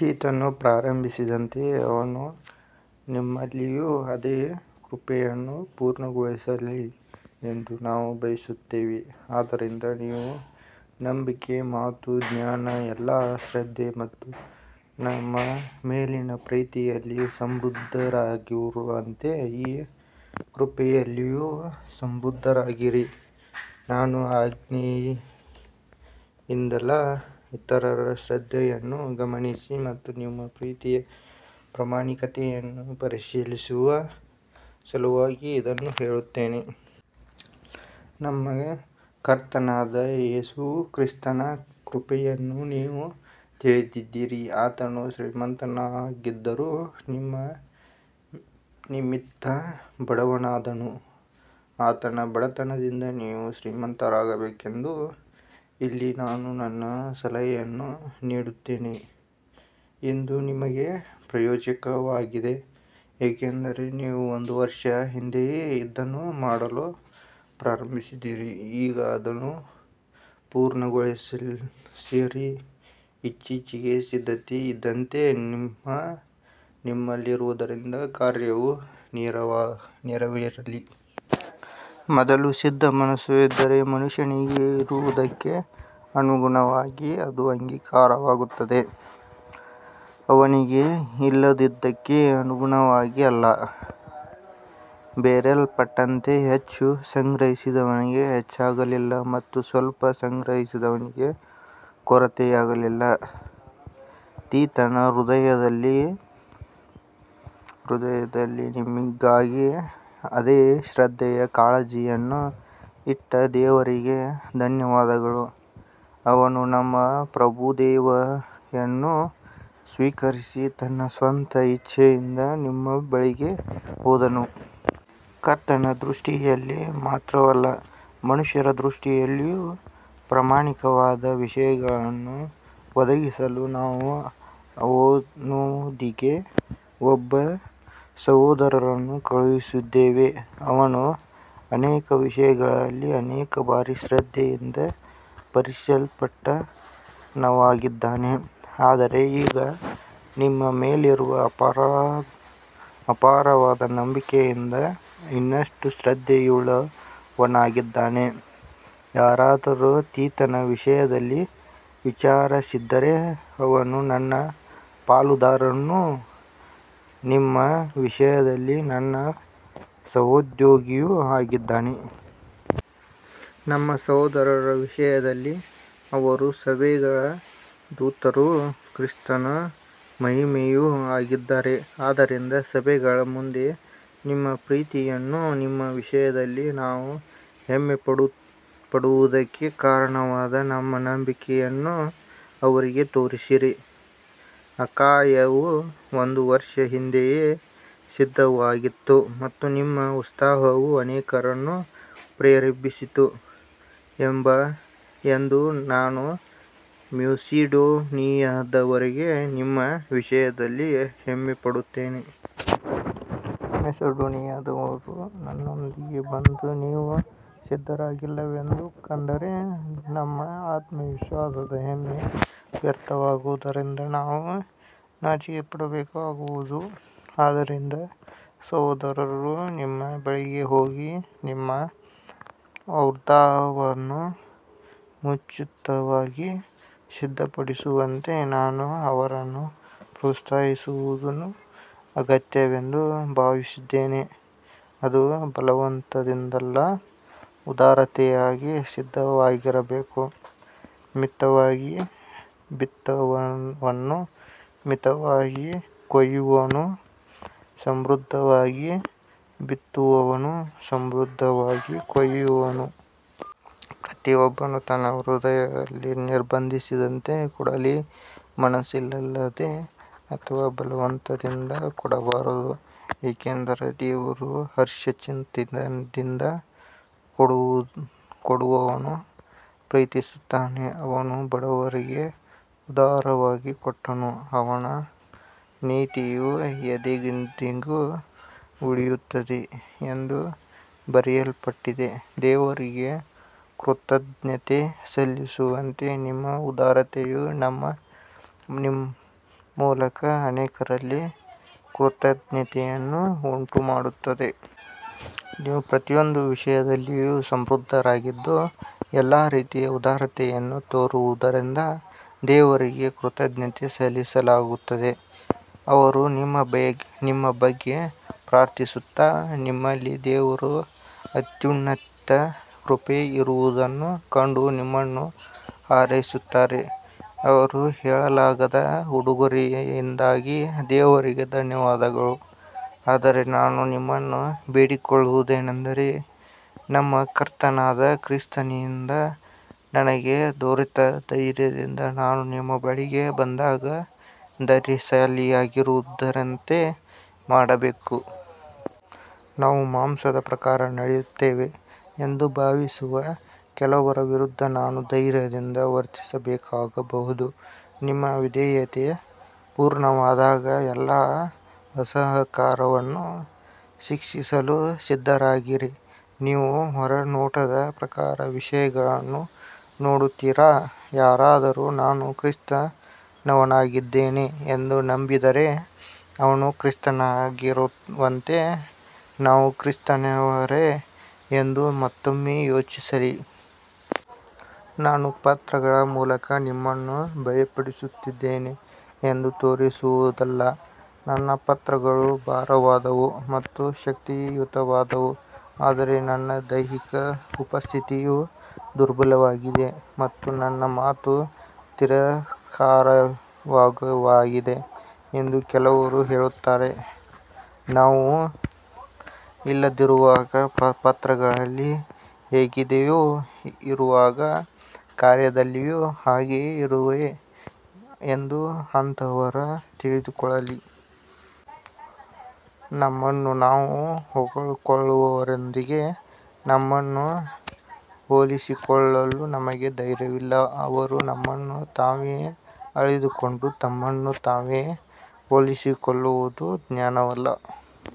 ತೀತನು ಪ್ರಾರಂಭಿಸಿದಂತೆಯೇ ಅವನು ನಿಮ್ಮಲ್ಲಿಯೂ ಅದೇ ಕೃಪೆಯನ್ನು ಪೂರ್ಣಗೊಳಿಸಲಿ ಎಂದು ನಾವು ಬಯಸುತ್ತೇವೆ. ಆದ್ದರಿಂದ ನೀವು ನಂಬಿಕೆ, ಮಾತು, ಜ್ಞಾನ, ಎಲ್ಲಾ ಶ್ರದ್ಧೆ ಮತ್ತು ನಮ್ಮ ಮೇಲಿನ ಪ್ರೀತಿಯಲ್ಲಿ ಸಮೃದ್ಧರಾಗಿರುವಂತೆ ಈ ಕೃಪೆಯಲ್ಲಿಯೂ ಸಮೃದ್ಧರಾಗಿರಿ. ನಾನು ಆಜ್ಞೆಯಿಂದಲ್ಲ, ಇತರರ ಶ್ರದ್ಧೆಯನ್ನು ಗಮನಿಸಿ ಮತ್ತು ನಿಮ್ಮ ಪ್ರೀತಿಯ ಪ್ರಾಮಾಣಿಕತೆಯನ್ನು ಪರೀಕ್ಷಿಸುವ ಸಲುವಾಗಿ ಇದನ್ನು ಹೇಳುತ್ತೇನೆ. ನಮ್ಮ ಕರ್ತನಾದ ಯೇಸು ಕ್ರಿಸ್ತನ ಕೃಪೆಯನ್ನು ನೀವು ತಿಳಿದಿದ್ದೀರಿ, ಆತನು ಶ್ರೀಮಂತನಾಗಿದ್ದರೂ ನಿಮ್ಮ ನಿಮಿತ್ತ ಬಡವನಾದನು, ಆತನ ಬಡತನದಿಂದ ನೀವು ಶ್ರೀಮಂತರಾಗಬೇಕೆಂದು. ಇಲ್ಲಿ ನಾನು ನನ್ನ ಸಲಹೆಯನ್ನು ನೀಡುತ್ತೇನೆ, ಇದು ನಿಮಗೆ ಪ್ರಯೋಜನಕರವಾಗಿದೆ, ಏಕೆಂದರೆ ನೀವು ಒಂದು ವರ್ಷ ಹಿಂದೆಯೇ ಇದನ್ನು ಮಾಡಲು ಪ್ರಾರಂಭಿಸಿದ್ದೀರಿ. ಈಗ ಅದನ್ನು ಪೂರ್ಣಗೊಳಿಸಿರಿ, ಇಚ್ಛೆಗೆ ಸಿದ್ಧತೆ ಇದ್ದಂತೆ ನಿಮ್ಮಲ್ಲಿರುವುದರಿಂದ ಕಾರ್ಯವೂ ನೆರವೇರಲಿ. ಮೊದಲು ಸಿದ್ಧಮನಸ್ಸು ಇದ್ದರೆ, ಮನುಷ್ಯನಿಗೆ ಇರುವುದಕ್ಕೆ ಅನುಗುಣವಾಗಿ ಅದು ಅಂಗೀಕಾರವಾಗುತ್ತದೆ, ಅವನಿಗೆ ಇಲ್ಲದುದಕ್ಕೆ ಅನುಗುಣವಾಗಿ ಅಲ್ಲ. ಬರೆಯಲ್ಪಟ್ಟಂತೆ, ಹೆಚ್ಚು ಸಂಗ್ರಹಿಸಿದವನಿಗೆ ಹೆಚ್ಚಾಗಲಿಲ್ಲ ಮತ್ತು ಸ್ವಲ್ಪ ಸಂಗ್ರಹಿಸಿದವನಿಗೆ ಕೊರತೆಯಾಗಲಿಲ್ಲ. ತೀತನ ಹೃದಯದಲ್ಲಿ ನಿಮ್ಮಿಗಾಗಿ ಅದೇ ಶ್ರದ್ಧೆಯ ಕಾಳಜಿಯನ್ನು ಇಟ್ಟ ದೇವರಿಗೆ ಧನ್ಯವಾದಗಳು. ಅವನು ನಮ್ಮ ಪ್ರಬೋಧನೆಯನ್ನು ಸ್ವೀಕರಿಸಿ ತನ್ನ ಸ್ವಂತ ಇಚ್ಛೆಯಿಂದ ನಿಮ್ಮ ಬಳಿಗೆ ಹೋದನು. ಕರ್ತನ ದೃಷ್ಟಿಯಲ್ಲಿ ಮಾತ್ರವಲ್ಲ, ಮನುಷ್ಯರ ದೃಷ್ಟಿಯಲ್ಲಿಯೂ ಪ್ರಾಮಾಣಿಕವಾದ ವಿಷಯಗಳನ್ನು ಒದಗಿಸಲು ನಾವು ಅವನೊಂದಿಗೆ ಒಬ್ಬ ಸಹೋದರನನ್ನು ಕಳುಹಿಸಿದ್ದೇವೆ. ಅವನು ಅನೇಕ ವಿಷಯಗಳಲ್ಲಿ ಅನೇಕ ಬಾರಿ ಶ್ರದ್ಧೆಯಿಂದ ಪರೀಕ್ಷಿಸಲ್ಪಟ್ಟವನಾಗಿದ್ದಾನೆ, ಆದರೆ ಈಗ ನಿಮ್ಮ ಮೇಲಿರುವ ಅಪಾರವಾದ ನಂಬಿಕೆಯಿಂದ ಇನ್ನಷ್ಟು ಶ್ರದ್ಧೆಯುಳ್ಳವನಾಗಿದ್ದಾನೆ. ಯಾರಾದರೂ ತೀತನ ವಿಷಯದಲ್ಲಿ ವಿಚಾರಿಸಿದರೆ, ಅವನು ನನ್ನ ಪಾಲುದಾರನೂ ನಿಮ್ಮ ವಿಷಯದಲ್ಲಿ ನನ್ನ ಸಹೋದ್ಯೋಗಿಯೂ ಆಗಿದ್ದಾನೆ. ನಮ್ಮ ಸಹೋದರರ ವಿಷಯದಲ್ಲಿ ಅವರು ಸಭೆಗಳ ದೂತರೂ ಕ್ರಿಸ್ತನ ಮಹಿಮೆಯೂ ಆಗಿದ್ದಾರೆ. ಆದ್ದರಿಂದ ಸಭೆಗಳ ಮುಂದೆ ನಿಮ್ಮ ಪ್ರೀತಿಯನ್ನೂ ನಿಮ್ಮ ವಿಷಯದಲ್ಲಿ ನಾವು ಹೆಮ್ಮೆಪಡುವುದಕ್ಕೆ ಕಾರಣವಾದ ನಮ್ಮ ನಂಬಿಕೆಯನ್ನೂ ಅವರಿಗೆ ತೋರಿಸಿರಿ. ಅಖಾಯವು ಒಂದು ವರ್ಷ ಹಿಂದೆಯೇ ಸಿದ್ಧವಾಗಿತ್ತು ಮತ್ತು ನಿಮ್ಮ ಉತ್ಸಾಹವು ಅನೇಕರನ್ನು ಪ್ರೇರೇಪಿಸಿತು ಎಂದು ನಾನು ಮ್ಯಾಸಿಡೋನಿಯದವರಿಗೆ ನಿಮ್ಮ ವಿಷಯದಲ್ಲಿ ಹೆಮ್ಮೆಪಡುತ್ತೇನೆ. ಮ್ಯಾಸಿಡೋನಿಯದವರು ನನ್ನೊಂದಿಗೆ ಬಂದು ನೀವು ಸಿದ್ಧರಾಗಿಲ್ಲವೆಂದು ಕಂಡರೆ, ನಮ್ಮ ಆತ್ಮವಿಶ್ವಾಸದ ಹೆಮ್ಮೆ ವ್ಯರ್ಥವಾಗುವುದರಿಂದ ನಾವು ನಾಚಿಕೆಪಡಬೇಕಾಗಬಹುದು. ಆದ್ದರಿಂದ ಸಹೋದರರು ನಿಮ್ಮ ಬಳಿಗೆ ಹೋಗಿ, ನಿಮ್ಮ ಔದಾರ್ಯವನ್ನು ಮುಂಚಿತವಾಗಿ ಸಿದ್ಧಪಡಿಸುವಂತೆ ನಾನು ಅವರನ್ನು ಪ್ರೋತ್ಸಾಹಿಸುವುದು ಅಗತ್ಯವೆಂದು ಭಾವಿಸಿದೆನು. ಅದು ಬಲವಂತದಿಂದ ಅಲ್ಲ, ಉದಾರತೆಯಾಗಿ ಸಿದ್ಧವಾಗಿರಬೇಕು. ಮಿತವಾಗಿ ಬಿತ್ತುವವನು ಮಿತವಾಗಿ ಕೊಯ್ಯುವನು, ಸಮೃದ್ಧವಾಗಿ ಬಿತ್ತುವವನು ಸಮೃದ್ಧವಾಗಿ ಕೊಯ್ಯುವನು. ಪ್ರತಿಯೊಬ್ಬನು ತನ್ನ ಹೃದಯದಲ್ಲಿ ನಿರ್ಧರಿಸಿದಂತೆ ಕೊಡಲಿ, ಮನಸ್ಸಿಲ್ಲದೆ ಅಥವಾ ಬಲವಂತದಿಂದ ಕೊಡಬಾರದು, ಏಕೆಂದರೆ ದೇವರು ಹರ್ಷಚಿತ್ತದಿಂದ ಕೊಡುವವನನ್ನು ಪ್ರೀತಿಸುತ್ತಾನೆ. ಅವನು ಬಡವರಿಗೆ ಉದಾರವಾಗಿ ಕೊಟ್ಟನು, ಅವನ ನೀತಿಯು ಎಂದೆಂದಿಗೂ ಉಳಿಯುತ್ತದೆ ಎಂದು ಬರೆಯಲ್ಪಟ್ಟಿದೆ. ದೇವರಿಗೆ ಕೃತಜ್ಞತೆ ಸಲ್ಲಿಸುವಂತೆ ನಿಮ್ಮ ಉದಾರತೆಯು ನಮ್ಮ ಮೂಲಕ ಅನೇಕರಲ್ಲಿ ಕೃತಜ್ಞತೆಯನ್ನು ಉಂಟುಮಾಡುತ್ತದೆ. ನೀವು ಪ್ರತಿಯೊಂದು ವಿಷಯದಲ್ಲಿಯೂ ಸಮೃದ್ಧರಾಗಿದ್ದು, ಎಲ್ಲಾ ರೀತಿಯ ಉದಾರತೆಯನ್ನು ತೋರಿಸುವುದರಿಂದ ದೇವರಿಗೆ ಕೃತಜ್ಞತೆ ಸಲ್ಲಿಸಲಾಗುತ್ತದೆ. ಅವರು ನಿಮ್ಮ ಬಗ್ಗೆ ಪ್ರಾರ್ಥಿಸುತ್ತಾ, ನಿಮ್ಮಲ್ಲಿ ದೇವರ ಅತ್ಯುನ್ನತ ಕೃಪೆ ಇರುವುದನ್ನು ಕಂಡು ನಿಮ್ಮನ್ನು ಹಾರೈಸುತ್ತಾರೆ. ಅವರ ಹೇಳಲಾಗದ ಉಡುಗೊರೆಯಿಗಾಗಿ ದೇವರಿಗೆ ಧನ್ಯವಾದಗಳು. ಆದರೆ ನಾನು ನಿಮ್ಮನ್ನು ಬೇಡಿಕೊಳ್ಳುವುದೇನೆಂದರೆ, ನಮ್ಮ ಕರ್ತನಾದ ಕ್ರಿಸ್ತನಿಂದ ನನಗೆ ದೊರೆತ ಧೈರ್ಯದಿಂದ ನಾನು ನಿಮ್ಮ ಬಳಿಗೆ ಬಂದಾಗ ಧೈರ್ಯಶಾಲಿಯಾಗಿರದಂತೆ ಮಾಡಬೇಡಿ. ನಾವು ಮಾಂಸದ ಪ್ರಕಾರ ನಡೆಯುತ್ತೇವೆ ಎಂದು ಭಾವಿಸುವ ಕೆಲವರ ವಿರುದ್ಧ ನಾನು ಧೈರ್ಯದಿಂದ ವರ್ತಿಸಬೇಕಾಗಬಹುದು. ನಿಮ್ಮ ವಿಧೇಯತೆ ಪೂರ್ಣವಾದಾಗ, ಎಲ್ಲಾ ಅಸಹಕಾರವನ್ನು ಶಿಕ್ಷಿಸಲು ಸಿದ್ಧರಾಗಿರಿ. ನೀವು ಹೊರನೋಟದ ಪ್ರಕಾರ ವಿಷಯಗಳನ್ನು ನೋಡುತ್ತೀರಾ. ಯಾರಾದರೂ ತಾನು ಕ್ರಿಸ್ತನವನಾಗಿದ್ದೇನೆ ಎಂದು ನಂಬಿದರೆ, ಅವನು ಕ್ರಿಸ್ತನವನಾಗಿರುವಂತೆ ನಾವೂ ಕ್ರಿಸ್ತನವರೇ ಎಂದು ಮತ್ತೊಮ್ಮೆ ಯೋಚಿಸಲಿ. ನಾನು ಪತ್ರಗಳ ಮೂಲಕ ನಿಮ್ಮನ್ನು ಭಯಪಡಿಸುತ್ತಿದ್ದೇನೆ ಎಂದು ತೋರುವುದಿಲ್ಲ. ನನ್ನ ಪತ್ರಗಳು ಭಾರವಾದವು ಮತ್ತು ಶಕ್ತಿಯುತವಾದವು, ಆದರೆ ನನ್ನ ದೈಹಿಕ ಉಪಸ್ಥಿತಿಯು ದುರ್ಬಲವಾಗಿದೆ ಮತ್ತು ನನ್ನ ಮಾತು ತಿರಸ್ಕಾರಯೋಗ್ಯವಾಗಿದೆ ಎಂದು ಕೆಲವರು ಹೇಳುತ್ತಾರೆ. ನಾವು ಇಲ್ಲದಿರುವಾಗ ಪತ್ರಗಳಲ್ಲಿ ಹೇಗಿದ್ದೇವೋ, ಇರುವಾಗ ಕಾರ್ಯದಲ್ಲಿಯೂ ಹಾಗೆಯೇ ಇರುತ್ತೇವೆ ಎಂದು ಅಂತಹವರು ತಿಳಿದುಕೊಳ್ಳಲಿ. ನಮ್ಮನ್ನು ನಾವು ಹೊಗಳಿಕೊಳ್ಳುವವರೊಂದಿಗೆ ನಮ್ಮನ್ನು ಹೋಲಿಸಿಕೊಳ್ಳಲು ನಮಗೆ ಧೈರ್ಯವಿಲ್ಲ. ಅವರು ತಮ್ಮನ್ನು ತಾವೇ ಅಳೆದುಕೊಂಡು ತಮ್ಮನ್ನು ತಾವೇ ಹೋಲಿಸಿಕೊಳ್ಳುವುದು ಜ್ಞಾನವಲ್ಲ.